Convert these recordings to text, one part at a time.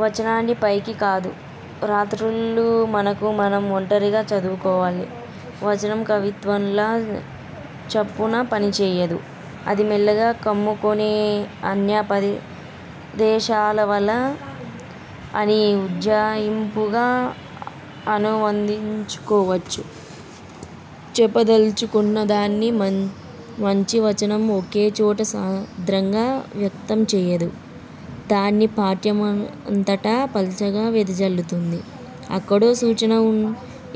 'వచనాన్ని పైకి కాదు, రాత్రుళ్ళు మనకు మనం ఒంటరిగా చదువుకోవాలి. వచనం కవిత్వంలా చప్పున పనిచేయదు. అది మెల్లగా కమ్ముకొనే అన్యాపదేశాల వల'' అని ఉజ్జాయింపుగా అనువదించుకోవచ్చు. చెప్పదల్చుకున్నదాన్ని మంచి వచనం ఒకే చోట సాంద్రంగా వ్యక్తం చేయదు. దాన్ని పాఠ్యమంతటా పల్చగా వెదజల్లుతుంది. అక్కడో సూచనా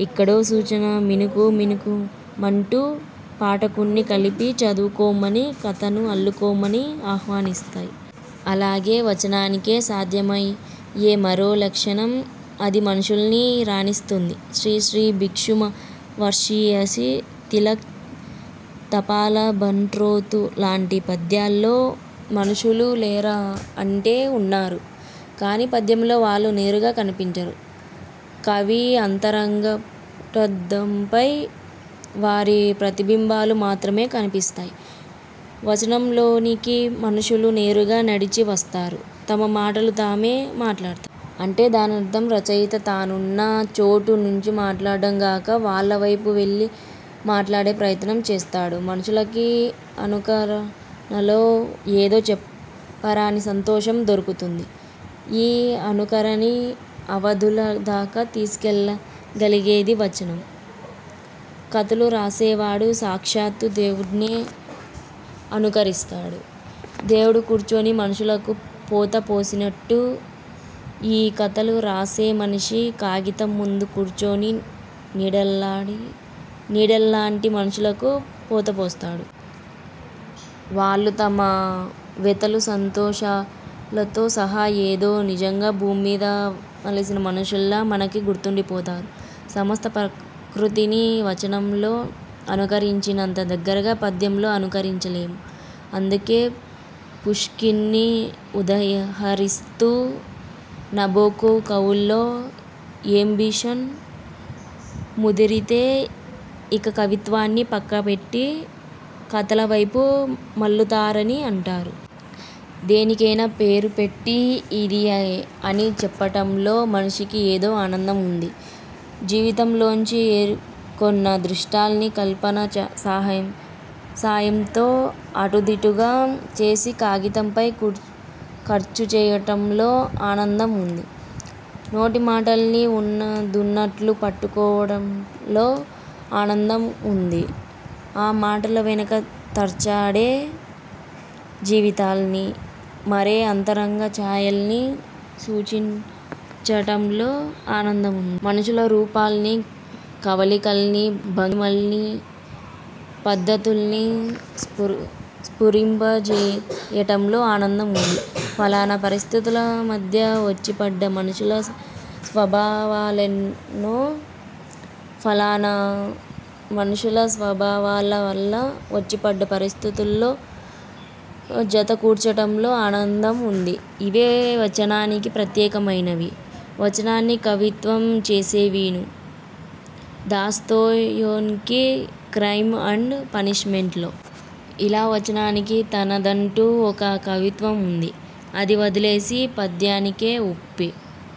ఇక్కడో సూచనా మినుకు మినుకుమంటూ, పాఠకుడ్ని కలిపి చదువుకొమ్మనీ, కథను అల్లుకొమ్మనీ ఆహ్వానిస్తాయి. అలాగే వచనానికే సాధ్యమయ్యే మరో లక్షణం, అది మనుషుల్ని రానిస్తుంది. శ్రీశ్రీ 'భిక్షువర్షీయసి', తిలక్ 'తపాలా బంట్రోతు' లాంటి పద్యాల్లో మనుషులు లేరా అంటే ఉన్నారు. కానీ పద్యంలో వాళ్ళు నేరుగా కనిపించరు. కవి అంతరంగపుటద్దంపై వారి ప్రతిబింబాలు మాత్రమే కనిపిస్తాయి. వచనంలోనికి మనుషులు నేరుగా నడిచి వస్తారు, తమ మాటలు తామే మాట్లాడతారు. అంటే దానర్థం రచయిత తానున్న చోటు నుంచి మాట్లాడ్డం గాక, వాళ్ల వైపు వెళ్లి మాట్లాడే ప్రయత్నం చేస్తాడు. మనుషులకి అనుకరణలో ఏదో చెప్పరాని సంతోషం దొరుకుతుంది. ఈ అనుకరణని అవధుల దాకా తీసుకెళ్లగలిగేది వచనం. కథలు రాసేవాడు సాక్షాత్తూ దేవుడ్నే అనుకరిస్తాడు. దేవుడు కూర్చొని మనుషులకు పోత పోసినట్టు, ఈ కథలు రాసే మనిషి కాగితం ముందు కూర్చొని నిడల్లా నీడల్లాంటి మనుషులకు పోతపోస్తాడు. వాళ్ళు తమ వెతలూ సంతోషాలతో సహా ఏదో నిజంగా భూమ్మీద మసలిన మనుషుల్లా మనకు గుర్తుండిపోతారు. సమస్త ప్రకృతిని వచనంలో అనుకరించినంత దగ్గరగా పద్యంలో అనుకరించలేము. అందుకే పుష్కిన్ని ఉదహరిస్తూ నబొకొవ్- కవుల్లో ఏంబిషన్ ముదిరితే ఇక కవిత్వాన్ని పక్కపెట్టి కథల వైపు మళ్లుతారని అంటాడు. దేనికైనా పేరు పెట్టి ఇదీ అని చెప్పటంలో మనిషికి ఏదో ఆనందం ఉంది. జీవితంలోంచి ఏరుకున్న దృశ్యాల్ని కల్పన సహా సాయంతో అటుదిటుగా చేసి కాగితంపై కుర్ ఖర్చుచేయటంలో ఆనందం ఉంది. నోటి మాటల్ని ఉన్నదున్నట్టు పట్టుకోవటంలో ఆనందముంది. ఆ మాటల వెనక తచ్చాడే జీవితాల్నీ, మారే అంతరంగ ఛాయల్నీ సూచించటంలో ఆనందముంది. మనుషుల రూపాల్నీ, కవళికల్నీ, భంగిమల్నీ, పద్ధతుల్నీ స్పైర్ స్ఫురింపజేయటంలో ఆనందం ఉంది. ఫలానా పరిస్థితుల మధ్య వచ్చిపడ్డ మనుషుల స్వభావాలేల్నో, ఫలానా మనుషుల స్వభావాల వల్ల వచ్చిపడ్డ పరిస్థితుల్లో జతకూర్చటంలో ఆనందం ఉంది. ఇవే వచనానికి ప్రత్యేకమైనవీ, వచనాన్ని కవిత్వం చేసేవీను. దాస్తోయెవ్స్కీ 'క్రైమ్ అండ్ పనిష్మెంట్'లో ఇలా వచనానికి తనదంటూ ఒక కవిత్వం ఉంది. అది వదిలేసి, పద్యానికి ఒప్పే